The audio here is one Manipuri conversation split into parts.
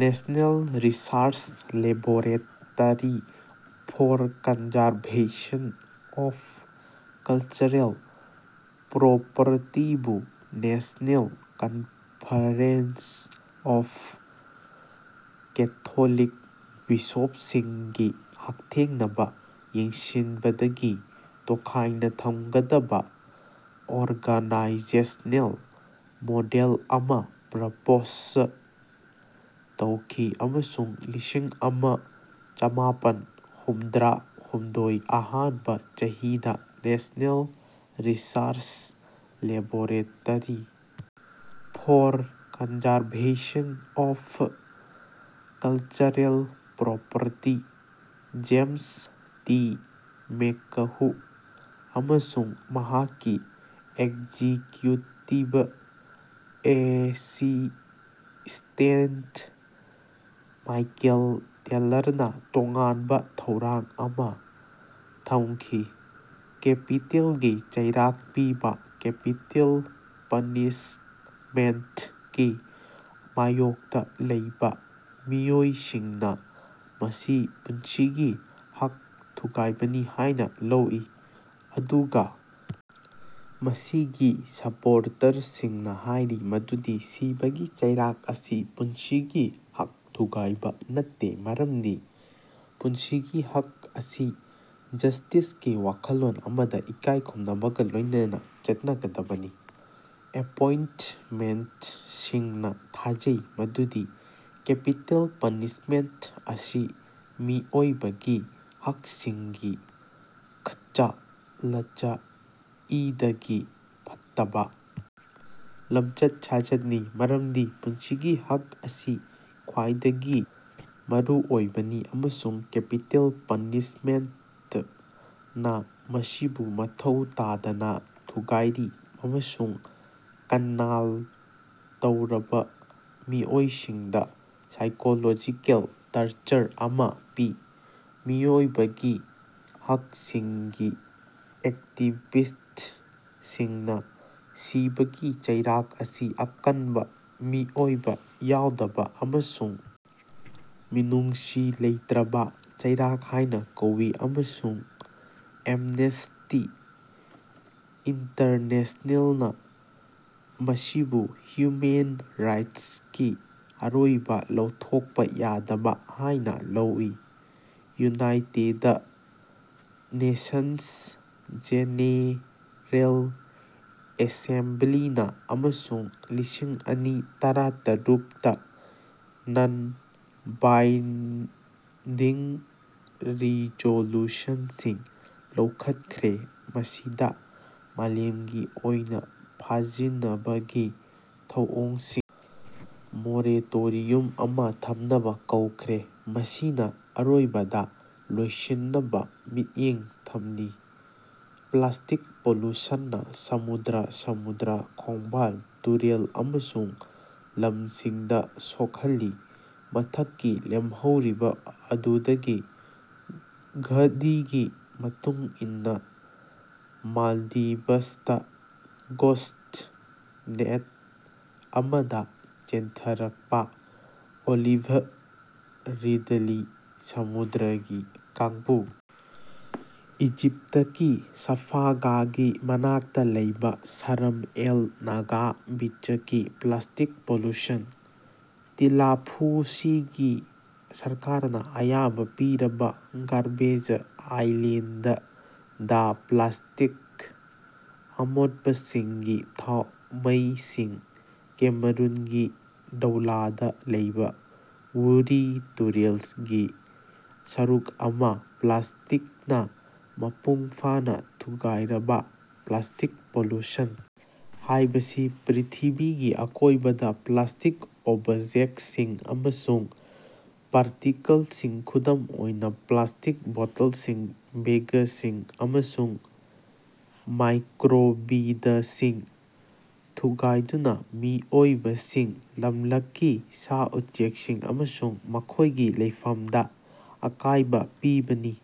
National research laboratory for conservation of cultural ꯄ꯭ꯔꯣꯄꯔꯇꯤꯕꯨ ꯅꯦꯁꯅꯦꯜ ꯀꯟꯐꯔꯦꯟꯁ ꯑꯣꯐ ꯀꯦꯊꯣꯂꯤꯛ ꯕꯤꯁꯣꯞꯁꯤꯡꯒꯤ ꯍꯛꯊꯦꯡꯅꯕꯥ ꯌꯦꯡꯁꯤꯟꯕꯗꯒꯤ ꯇꯣꯈꯥꯏꯅꯥ ꯊꯝꯒꯗꯕꯥ ꯑꯣꯔꯒꯥꯅꯥꯏꯖꯦꯁꯅꯦꯜ ꯃꯣꯗꯦꯜ ꯑꯃꯥ ꯄ꯭ꯔꯄꯣꯖ ꯇꯧꯈꯤ ꯑꯃꯁꯨꯡ ꯂꯤꯁꯤꯡ ꯑꯃ ꯆꯃꯥꯄꯟ ꯍꯨꯝꯗ꯭ꯔꯥ ꯍꯨꯝꯗꯣꯏ ꯑꯍꯥꯟꯕꯥ ꯆꯍꯤꯗꯥ national research laboratory for conservation of cultural property James T ꯃꯦꯀꯍꯨ ꯑꯃꯁꯨꯡ ꯃꯍꯥꯛꯀꯤ ꯑꯦꯛꯖꯤꯀ꯭ꯌꯨꯇꯤꯕ ꯑꯦꯁꯤꯁ꯭ꯇꯦꯟꯠ ꯃꯥꯏꯀꯦꯜ ꯇꯦꯂꯔꯅꯥ ꯇꯣꯉꯥꯟꯕꯥ ꯊꯧꯔꯥꯡ ꯑꯃꯥ ꯊꯝꯈꯤ꯫ ꯀꯦꯄꯤꯇꯦꯜꯒꯤ ꯆꯩꯔꯥꯛ ꯄꯤꯕ ꯀꯦꯄꯤꯇꯦꯜ ꯄꯅꯤꯁꯃꯦꯟꯠꯀꯤ ꯃꯥꯌꯣꯛꯇꯥ ꯂꯩꯕꯥ ꯃꯤꯑꯣꯏꯁꯤꯡꯅꯥ ꯃꯁꯤ ꯄꯨꯟꯁꯤꯒꯤ ꯍꯛ ꯊꯨꯒꯥꯏꯕꯅꯤ ꯍꯥꯏꯅꯥ ꯂꯧꯏ ꯑꯗꯨꯒꯥ ꯃꯁꯤꯒꯤ ꯁꯄꯣꯔꯇꯔꯁꯤꯡꯅꯥ ꯍꯥꯏꯔꯤ ꯃꯗꯨꯗꯤ ꯁꯤꯕꯒꯤ ꯆꯩꯔꯥꯛ ꯑꯁꯤ ꯄꯨꯟꯁꯤꯒꯤ ꯍꯛ ꯊꯨꯒꯥꯏꯕꯥ ꯅꯠꯇꯦ ꯃꯔꯝꯗꯤ ꯄꯨꯟꯁꯤꯒꯤ ꯍꯛ ꯑꯁꯤ ꯖꯁꯇꯤꯁꯀꯤ ꯋꯥꯈꯜꯂꯣꯟ ꯑꯃꯗꯥ ꯏꯀꯥꯏ ꯈꯨꯝꯅꯕꯒꯥ ꯂꯣꯏꯅꯅꯥ ꯆꯠꯅꯒꯗꯕꯅꯤ꯫ ꯑꯦꯄꯣꯏꯟꯠꯃꯦꯟꯠꯁꯤꯡꯅꯥ ꯊꯥꯖꯩ ꯃꯗꯨꯗꯤ ꯀꯦꯄꯤꯇꯦꯜ ꯄꯅꯤꯁꯃꯦꯟꯠ ꯑꯁꯤ ꯃꯤꯑꯣꯏꯕꯒꯤ ꯍꯛꯁꯤꯡꯒꯤ ꯈ꯭ꯆꯥꯂꯆ ꯏꯗꯒꯤ ꯐꯠꯇꯕꯥ ꯂꯝꯆꯠ ꯁꯥꯖꯠꯅꯤ ꯃꯔꯝꯗꯤ ꯄꯨꯟꯁꯤꯒꯤ ꯍꯛ ꯑꯁꯤ ꯈ꯭ꯋꯥꯏꯗꯒꯤ ꯃꯔꯨꯑꯣꯏꯕꯅꯤ ꯑꯃꯁꯨꯡ ꯀꯦꯄꯤꯇꯦꯜ ꯄꯅꯤꯁꯃꯦꯟꯠꯅꯥ ꯃꯁꯤꯕꯨ ꯃꯊꯧ ꯇꯥꯗꯅꯥ ꯊꯨꯒꯥꯏꯔꯤ ꯑꯃꯁꯨꯡ ꯀꯟꯅꯥꯜ ꯇꯧꯔꯕꯥ ꯃꯤꯑꯣꯏꯁꯤꯡꯗꯥ ꯁꯥꯏꯀꯣꯂꯣꯖꯤꯀꯦꯜ ꯇꯔꯆꯔ ꯑꯃꯥ ꯄꯤ꯫ ꯃꯤꯑꯣꯏꯕꯒꯤ ꯍꯛꯁꯤꯡꯒꯤ ꯑꯦꯛꯇꯤꯕꯤꯁ꯭ꯠꯁꯤꯡꯅꯥ ꯁꯤꯕꯒꯤ ꯆꯩꯔꯥꯛ ꯑꯁꯤ ꯑꯀꯟꯕ ꯃꯤꯑꯣꯏꯕꯥ ꯌꯥꯎꯗꯕ ꯑꯃꯁꯨꯡ ꯃꯤꯅꯨꯡꯁꯤ ꯂꯩꯇ꯭ꯔꯕꯥ ꯆꯩꯔꯥꯛ ꯍꯥꯏꯅ ꯀꯧꯏ ꯑꯃꯁꯨꯡ ꯑꯦꯝꯅꯦꯁ꯭ꯇꯤ ꯏꯟꯇꯔꯅꯦꯁꯅꯦꯜꯅꯥ ꯃꯁꯤꯕꯨ ꯍ꯭ꯌꯨꯃꯦꯟ ꯔꯥꯏꯠꯁꯀꯤ ꯑꯔꯣꯏꯕꯥ ꯂꯧꯊꯣꯛꯄ ꯌꯥꯗꯕꯥ ꯍꯥꯏꯅꯥ ꯂꯧꯏ꯫ ꯌꯨꯅꯥꯏꯇꯦꯗ ꯅꯦꯁꯟꯁ ꯖꯦꯅꯦꯔꯦꯜ ꯑꯦꯁꯦꯝꯕ꯭ꯂꯤꯅꯥ ꯑꯃꯁꯨꯡ ꯂꯤꯁꯤꯡ ꯑꯅꯤ ꯇꯔꯥꯇꯔꯨꯛꯇ ꯅꯟ ꯕꯥꯏꯟꯗꯤꯡ ꯔꯤꯖꯣꯂꯨꯁꯟꯁꯤꯡ ꯂꯧꯈꯠꯈ꯭ꯔꯦ ꯃꯁꯤꯗꯥ ꯃꯥꯂꯦꯝꯒꯤ ꯑꯣꯏꯅꯥ ꯐꯥꯖꯤꯅꯕꯒꯤ ꯊꯧꯑꯣꯡꯁꯤꯡ ꯃꯣꯔꯦꯇꯣꯔꯤꯌꯨꯝ ꯑꯃꯥ ꯊꯝꯅꯕꯥ ꯀꯧꯈ꯭ꯔꯦ ꯃꯁꯤꯅꯥ ꯑꯔꯣꯏꯕꯗꯥ ꯂꯣꯏꯁꯤꯟꯅꯕꯥ ꯃꯤꯠꯌꯦꯡ ꯊꯝꯂꯤ꯫ ꯄ꯭ꯂꯥꯁ꯭ꯇꯤꯛ ꯄꯣꯂꯨꯁꯟꯅꯥ ꯁꯃꯨꯗ꯭ꯔ ꯁꯃꯨꯗ꯭ꯔ ꯈꯣꯡꯕꯥꯜ ꯇꯨꯔꯦꯜ ꯑꯃꯁꯨꯡ ꯂꯝꯁꯤꯡꯗꯥ ꯁꯣꯛꯍꯜꯂꯤ꯫ ꯃꯊꯛꯀꯤ ꯂꯦꯝꯍꯧꯔꯤꯕꯥ ꯑꯗꯨꯗꯒꯤ ꯘꯗꯤꯒꯤ ꯃꯇꯨꯡ ꯏꯟꯅꯥ ꯃꯥꯜꯗꯤꯕꯁꯇꯥ ꯒꯣꯁ꯭ꯠ ꯅꯦꯠ ꯑꯃꯗꯥ ꯆꯦꯟꯊꯔꯛꯄꯥ ꯑꯣꯂꯤꯚ ꯔꯤꯗꯂꯤ ꯁꯃꯨꯗ꯭ꯔꯒꯤ ꯀꯥꯡꯕꯨ ꯏꯖꯤꯞꯇꯀꯤ ꯁꯥꯐꯥꯒꯥꯒꯤ ꯃꯅꯥꯛꯇꯥ ꯂꯩꯕꯥ ꯁꯔꯝ ꯑꯦꯜ ꯅꯥꯒꯥ ꯕꯤꯆꯀꯤ ꯄ꯭ꯂꯥꯁ꯭ꯇꯤꯛ ꯄꯣꯂꯨꯁꯟ꯫ ꯇꯤꯂꯥꯐꯨꯁꯤꯒꯤ ꯁꯔꯀꯥꯔꯅꯥ ꯑꯌꯥꯕꯥ ꯄꯤꯔꯕꯥ ꯒꯥꯔꯕꯦꯖ ꯑꯥꯏꯂꯦꯟꯗ ꯗꯥ ꯄ꯭ꯂꯥꯁ꯭ꯇꯤꯛ ꯑꯃꯣꯠꯄꯁꯤꯡꯒꯤ ꯊꯥꯎꯃꯩꯁꯤꯡ ꯀꯦꯃꯔꯨꯟꯒꯤ ꯗꯧꯂꯥꯗꯥ ꯂꯩꯕꯥ ꯋꯨꯔꯤ ꯇꯨꯔꯦꯜꯒꯤ ꯁꯔꯨꯛ ꯑꯃꯥ ꯄ꯭ꯂꯥꯁ꯭ꯇꯤꯛꯅꯥ ꯃꯄꯨꯡ ꯐꯥꯅꯥ ꯊꯨꯒꯥꯏꯔꯕꯥ꯫ ꯄ꯭ꯂꯥꯁ꯭ꯇꯤꯛ ꯄꯣꯂꯨꯁꯟ ꯍꯥꯏꯕꯁꯤ ꯄ꯭ꯔ꯭ꯤꯊꯤꯕꯤꯒꯤ ꯑꯀꯣꯏꯕꯗꯥ ꯄ꯭ꯂꯥꯁ꯭ꯇꯤꯛ ꯑꯣꯕꯖꯦꯛꯁꯤꯡ ꯑꯃꯁꯨꯡ ꯄꯥꯔꯇꯤꯀꯜꯁꯤꯡ ꯈꯨꯗꯝ ꯑꯣꯏꯅꯥ ꯄ꯭ꯂꯥꯁ꯭ꯇꯤꯛ ꯕꯣꯇꯜꯁꯤꯡ ꯕꯦꯒꯁꯤꯡ ꯑꯃꯁꯨꯡ ꯃꯥꯏꯀ꯭ꯔꯣꯕꯤꯗꯁꯤꯡ ꯊꯨꯒꯥꯏꯗꯨꯅꯥ ꯃꯤꯑꯣꯏꯕꯁꯤꯡ ꯂꯝꯂꯛꯀꯤ ꯁꯥ ꯎꯆꯦꯛꯁꯤꯡ ꯑꯃꯁꯨꯡ ꯃꯈꯣꯏꯒꯤ ꯂꯩꯐꯝꯗꯥ ꯑꯀꯥꯏꯕꯥ ꯄꯤꯕꯅꯤ꯫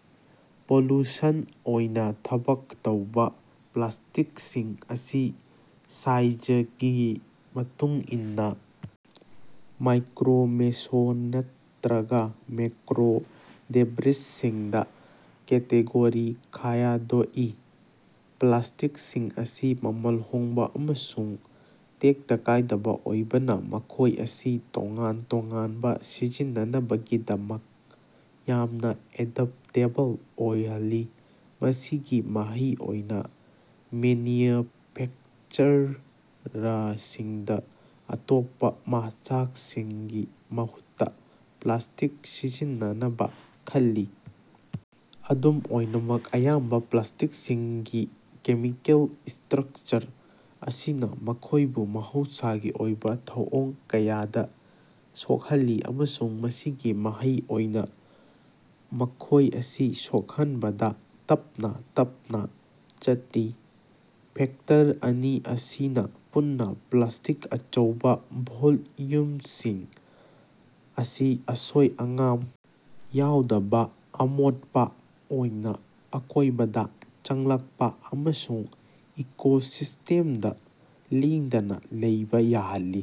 ꯄꯣꯂꯨꯁꯟ ꯑꯣꯏꯅꯥ ꯊꯕꯛ ꯇꯧꯕꯥ ꯄ꯭ꯂꯥꯁ꯭ꯇꯤꯛꯁꯤꯡ ꯑꯁꯤ ꯁꯥꯏꯖꯒꯤ ꯃꯇꯨꯡ ꯏꯟꯅꯥ ꯃꯥꯏꯀ꯭ꯔꯣ ꯃꯦꯁꯣ ꯅꯠꯇ꯭ꯔꯒꯥ ꯃꯦꯀ꯭ꯔꯣ ꯗꯦꯕ꯭ꯔꯤꯁꯁꯤꯡꯗꯥ ꯀꯦꯇꯦꯒꯣꯔꯤ ꯈꯥꯌꯗꯣꯛꯏ꯫ ꯄ꯭ꯂꯥꯁ꯭ꯇꯤꯛꯁꯤꯡ ꯑꯁꯤ ꯃꯃꯜ ꯍꯣꯡꯕꯥ ꯑꯃꯁꯨꯡ ꯇꯦꯛꯇ ꯀꯥꯏꯗꯕꯥ ꯑꯣꯏꯕꯅꯥ ꯃꯈꯣꯏ ꯑꯁꯤ ꯇꯣꯉꯥꯟ ꯇꯣꯉꯥꯟꯕꯥ ꯁꯤꯖꯤꯟꯅꯅꯕꯒꯤꯗꯃꯛ ꯌꯥꯝꯅꯥ ꯑꯦꯗꯞꯇꯦꯕꯜ ꯑꯣꯏꯍꯜꯂꯤ ꯃꯁꯤꯒꯤ ꯃꯍꯩ ꯑꯣꯏꯅꯥ ꯃꯦꯅ꯭ꯌꯨꯐꯦꯛꯆꯔꯔꯁꯤꯡꯅꯥ ꯑꯇꯣꯞꯄꯥ ꯃꯆꯥꯛꯁꯤꯡꯒꯤ ꯃꯍꯨꯠꯇꯥ ꯄ꯭ꯂꯥꯁ꯭ꯇꯤꯛ ꯁꯤꯖꯤꯟꯅꯅꯕꯥ ꯈꯜꯂꯤ꯫ ꯑꯗꯨꯝ ꯑꯣꯏꯅꯃꯛ ꯑꯌꯥꯝꯕꯥ ꯄ꯭ꯂꯥꯁ꯭ꯇꯤꯛꯁꯤꯡꯒꯤ ꯀꯦꯃꯤꯀꯦꯜ ꯁ꯭ꯇ꯭ꯔꯛꯆꯔ ꯑꯁꯤꯅꯥ ꯃꯈꯣꯏꯕꯨ ꯃꯍꯧꯁꯥꯒꯤ ꯑꯣꯏꯕꯥ ꯊꯧꯑꯣꯡ ꯀꯌꯥꯗꯥ ꯁꯣꯛꯍꯜꯂꯤ ꯑꯃꯁꯨꯡ ꯃꯁꯤꯒꯤ ꯃꯍꯩ ꯑꯣꯏꯅꯥ ꯃꯈꯣꯏ ꯑꯁꯤ ꯁꯣꯛꯍꯟꯕꯗꯥ ꯇꯞꯅꯥ ꯇꯞꯅꯥ ꯆꯠꯂꯤ꯫ ꯐꯦꯛꯇꯔ ꯑꯅꯤ ꯑꯁꯤꯅꯥ ꯄꯨꯟꯅꯥ ꯄ꯭ꯂꯥꯁ꯭ꯇꯤꯛ ꯑꯆꯧꯕꯥ ꯚꯣꯜꯌꯨꯝꯁꯤꯡ ꯑꯁꯤ ꯑꯁꯣꯏ ꯑꯉꯥꯝ ꯌꯥꯎꯗꯕꯥ ꯑꯃꯣꯠꯄꯥ ꯑꯣꯏꯅꯥ ꯑꯀꯣꯏꯕꯗꯥ ꯆꯪꯂꯛꯄꯥ ꯑꯃꯁꯨꯡ ꯏꯀꯣꯁꯤꯁ꯭ꯇꯦꯝꯗꯥ ꯂꯦꯡꯗꯅꯥ ꯂꯩꯕꯥ ꯌꯥꯍꯜꯂꯤ꯫